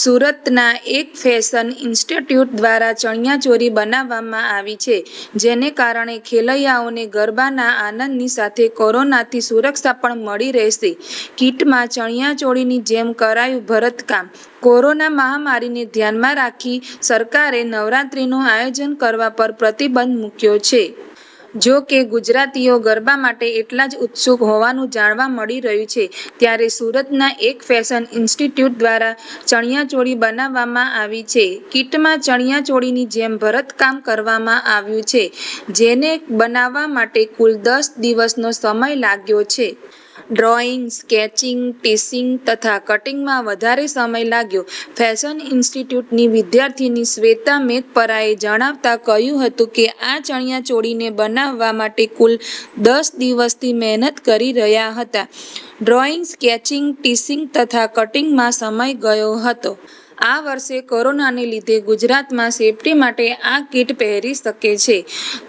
સુરતના એક fashion institute દ્વારા ચણીયા ચોળી બનાવવામાં આવી છે. જેને કારણે ખેલૈયાઓને ગરબાનાં આનંદની સાથે કોરોનાથી સુરક્ષા પણ મળી રહેશે. કીટમાં ચણીયા ચોળીની જેમ કરાયું ભરતકામ: કોરોના મહામારીને ધ્યાનમાં રાખી સરકારે નવરાત્રિનું આયોજન કરવાં પર પ્રતિબંધ મૂકયો છે. જો કે, ગુજરાતીઓ ગરબા માટે એટલા જ ઉત્સુક હોવાનું જાણવા મળી રહ્યું છે ત્યારે સુરતનાં એક ફેશન ઈન્સ્ટિટ્યૂટ દ્વારા ચણીયા ચોળી બનાવવામાં આવી છે. કીટમાં ચણીયા ચોળીની જેમ ભરતકામ કરવામાં આવ્યું છે. જેને બનાવવા માટે કુલ દસ દિવસનો સમય લાગ્યો છે. ડ્રોઈંગ, સ્કેચિંગ, ટિશિંગ તથા કટીંગમાં વધારે સમય લાગ્યો: ફેશન ઈન્સ્ટિટ્યૂટની વિદ્યાર્થિની શ્વેતા મેંદપરાએ જણાવતાં કહ્યું હતું કે, આ ચણીયા ચોળીને બનાવવાં માટે કુલ દસ દિવસથી મહેનત કરી રહ્યા હતા. ડ્રોઈંગ, સ્કેચિંગ, ટિશિંગ તથા કટીંગમાં સમય ગયો હતો. આ વર્ષે કોરોનાને લીધે ગુજરાતમાં સેફ્ટી માટે આ કીટ પહેરી શકે છે.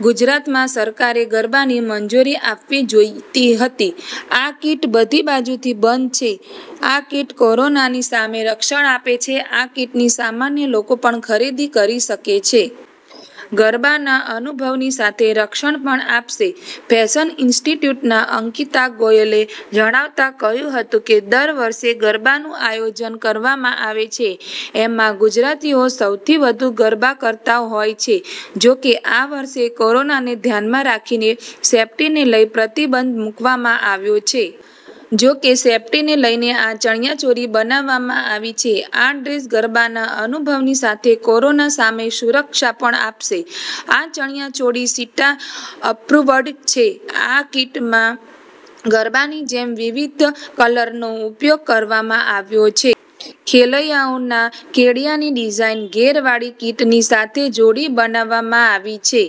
ગુજરાતમાં સરકારે ગરબાની મંજુરી આપવી જોઈતી હતી. આ કીટ બધી બાજુથી બંધ છે. આ કીટ કોરોનાની સામે રક્ષણ આપે છે. આ કીટની સામાન્ય લોકો પણ ખરીદી કરી શકે છે. ગરબાનાં અનુભવની સાથે રક્ષણ પણ આપશે: ફેશન ઈન્સ્ટિટ્યૂટનાં અંકિતા ગોયલે જણાવતાં કહ્યું હતું કે, દર વર્ષે ગરબાનું આયોજન કરવામાં આવે છે. એમાં ગુજરાતીઓ સૌથી વધુ ગરબા કરતા હોય છે. જો કે, આ વર્ષે કોરોનાને ધ્યાનમાં રાખીને સેફ્ટીને લઈ પ્રતિબંધ મૂકવામાં આવ્યો છે. જો કે, સેફ્ટીને લઈને આ ચણીયા ચોળી બનાવવામાં આવી છે. આ ડ્રેસ ગરબાનાં અનુભવની સાથે કોરોના સામે સુરક્ષા પણ આપશે. આ ચણીયા ચોળી સીટા અપ્રુવ્ડ છે. આ કીટમાં ગરબાની જેમ વિવિધ કલરનો ઉપયોગ કરવામાં આવ્યો છે. ખેલૈયાઓના કેડિયાની ડિઝાઈન, ઘેરવાળી કીટની સાથે જોડી બનાવવામાં આવી છે.